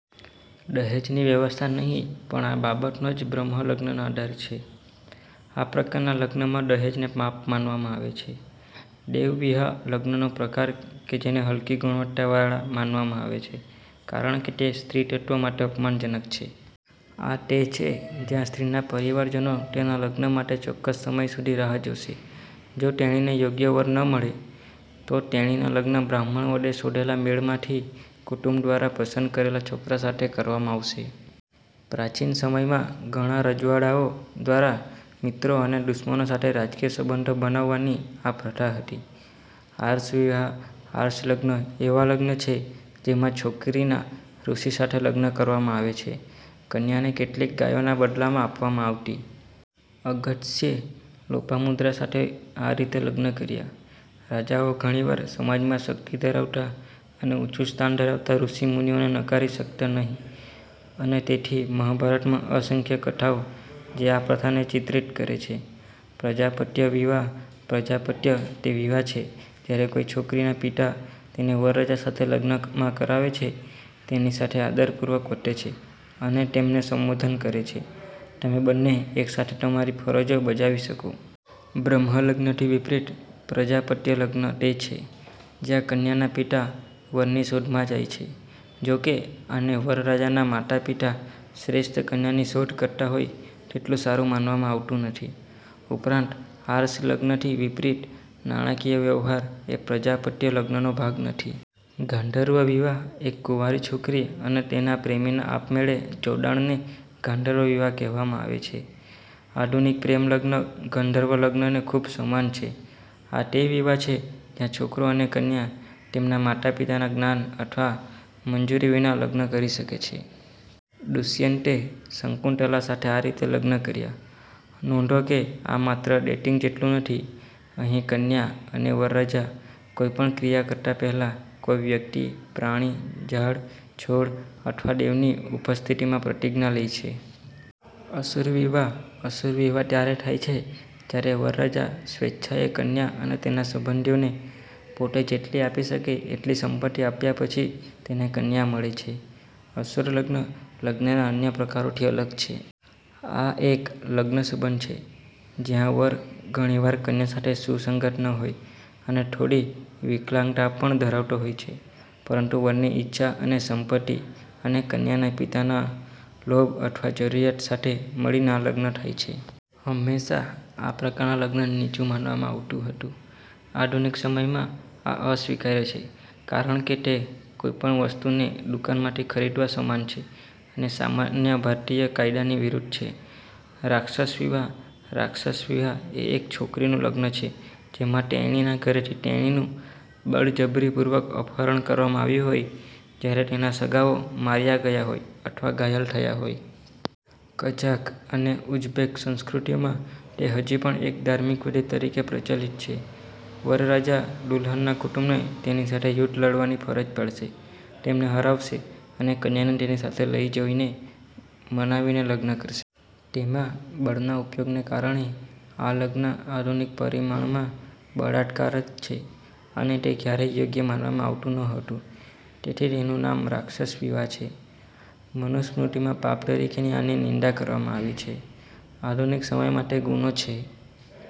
દહેજની વ્યવસ્થા નહીં પણ આ બાબતો જ બ્રહ્મ લગ્નનો આધાર છે. આ પ્રકારના લગ્નમાં દહેજને પાપ માનવામાં આવે છે. દૈવ વિવાહ લગ્નનો પ્રકાર કે જેને હલકી ગુણવત્તાવાળા માનવામાં આવે છે કારણ કે તે સ્ત્રીત્વ માટે અપમાનજનક છે. આ તે છે જ્યાં સ્ત્રીના પરિવારજનો તેના લગ્ન માટે ચોક્કસ સમય સુધી રાહ જોશે. જો તેણીને યોગ્ય વર ન મળે, તો તેણીના લગ્ન બ્રાહ્મણ વડે શોધેલા મેળમાંથી કુટુંબ દ્વારા પસંદ કરેલા છોકરા સાથે કરવામાં આવશે. પ્રાચીન સમયમાં ઘણા રજવાડાઓ દ્વારા મિત્રો અને દુશ્મનો સાથે રાજકીય સંબંધો બનાવવાની આ પ્રથા હતી. આર્ષ વિવાહ આર્ષ લગ્ન એવા લગ્ન છે જેમાં છોકરીના ઋષિ સાથે લગ્ન કરવામાં આવે છે. કન્યાને કેટલીક ગાયોના બદલામાં આપવામાં આવતી. અગસ્ત્યે લોપામુદ્રા સાથે આ રીતે લગ્ન કર્યા. રાજાઓ ઘણીવાર સમાજમાં શક્તિ ધરાવતા અને ઊંચું સ્થાન ધરાવતા ઋષિ મુનિઓને નકારી શકતા નહીં અને તેથી મહાભારતમાં અસંખ્ય કથાઓ જે આ પ્રથાને ચિત્રિત કરે છે. પ્રજાપત્ય વિવાહ પ્રજાપત્ય તે વિવાહ છે જ્યારે કોઈ છોકરીના પિતા તેને વરરાજા સાથે લગ્નમાં કરાવે છે, તેની સાથે આદરપૂર્વક વર્તે છે અને તેમને સંબોધન કરે છે: 'તમે બંને એક સાથે તમારી ફરજો બજાવી શકો'. બ્રહ્મ લગ્નથી વિપરીત, પ્રજાપત્ય લગ્ન તે છે જ્યાં કન્યાના પિતા વરની શોધમાં જાય છે, જોકે, આને વરરાજાના માતાપિતા શ્રેષ્ઠ કન્યાની શોધ કરતા હોય તેટલું સારું માનવામાં આવતું નથી. ઉપરાંત, આર્ષ લગ્નથી વિપરીત, નાણાકીય વ્યવહાર એ પ્રજાપત્ય લગ્નનો ભાગ નથી. ગાંધર્વ વિવાહ એક કુંવારી છોકરી અને તેના પ્રેમીના આપમેળે જોડાણને ગાંધર્વ વિવાહ કહેવામાં આવે છે. આધુનિક 'પ્રેમ' લગ્ન ગંધર્વ લગ્નને ખૂબ સમાન છે. આ તે વિવાહ છે જ્યાં છોકરો અને કન્યા તેમના માતાપિતાના જ્ઞાન અથવા મંજૂરી વિના લગ્ન કરી શકે છે. દુષ્યંતે શકુંતલા સાથે આ રીતે લગ્ન કર્યા. નોંધો કે આ માત્ર ડેટિંગ જેટલું નથી. અહીં કન્યા અને વરરાજા કોઈ પણ ક્રિયા કરતા પહેલા, કોઈ વ્યક્તિ, પ્રાણી, ઝાડ, છોડ અથવા દેવની ઉપસ્થિતિમાં પ્રતિજ્ઞા લે છે. અસુર વિવાહ અસુર વિવાહ ત્યારે થાય છે જ્યારે વરરાજા સ્વેચ્છાએ કન્યા અને તેના સંબંધીઓને પોતે જેટલી આપી શકે એટલી સંપત્તિ આપ્યા પછી તેને કન્યા મળે છે. અસુર લગ્ન લગ્નના અન્ય પ્રકારોથી અલગ છે. આ એક લગ્નસંબંધ છે જ્યાં વર ઘણીવાર કન્યા સાથે સુસંગત ન હોય અને થોડી વિકલાંગતા પણ ધરાવતો હોય છે, પરંતુ વરની ઇચ્છા અને સંપત્તિ અને કન્યાના પિતાના લોભ અથવા જરૂરિયાત સાથે મળીને આ લગ્ન થાય છે. હંમેશા આ પ્રકારના લગ્નને નીચું માનવામાં આવતું હતું. આધુનિક સમયમાં આ અસ્વીકાર્ય છે કારણ કે તે કોઈ પણ વસ્તુને દુકાનમાંથી ખરીદવા સમાન છે અને સામાન્ય ભારતીય કાયદાની વિરુદ્ધ છે. રાક્ષસ વિવાહ રાક્ષસ વિવાહ એ એક છોકરીનું લગ્ન છે જેમાં તેણીના ઘરેથી તેણીનું બળજબરીપૂર્વક અપહરણ કરવામાં આવ્યું હોય, જ્યારે તેના સગાઓ માર્યા ગયા હોય અથવા ઘાયલ થયા હોય. કઝાક અને ઉઝ્બેક સંસ્કૃતિઓમાં તે હજી પણ એક ધાર્મિક વિધિ તરીકે પ્રચલિત છે. વરરાજા દુલ્હનના કુટુંબને તેની સાથે યુદ્ધ લડવાની ફરજ પાડશે, તેમને હરાવશે અને કન્યાને તેની સાથે લઇ જઈને મનાવીને લગ્ન કરશે. તેમાં બળના ઉપયોગને કારણે આ લગ્ન આધુનિક પરિમાણમાં બળાત્કાર જ છે, અને તે ક્યારેય યોગ્ય માનવામાં આવતું નહોતું તેથી તેનું નામ રાક્ષસ વિવાહ છે. મનુસ્મૃતિમાં પાપ તરીકે આની નિંદા કરવામાં આવી છે. આધુનિક સમયમાં તે ગુનો છે.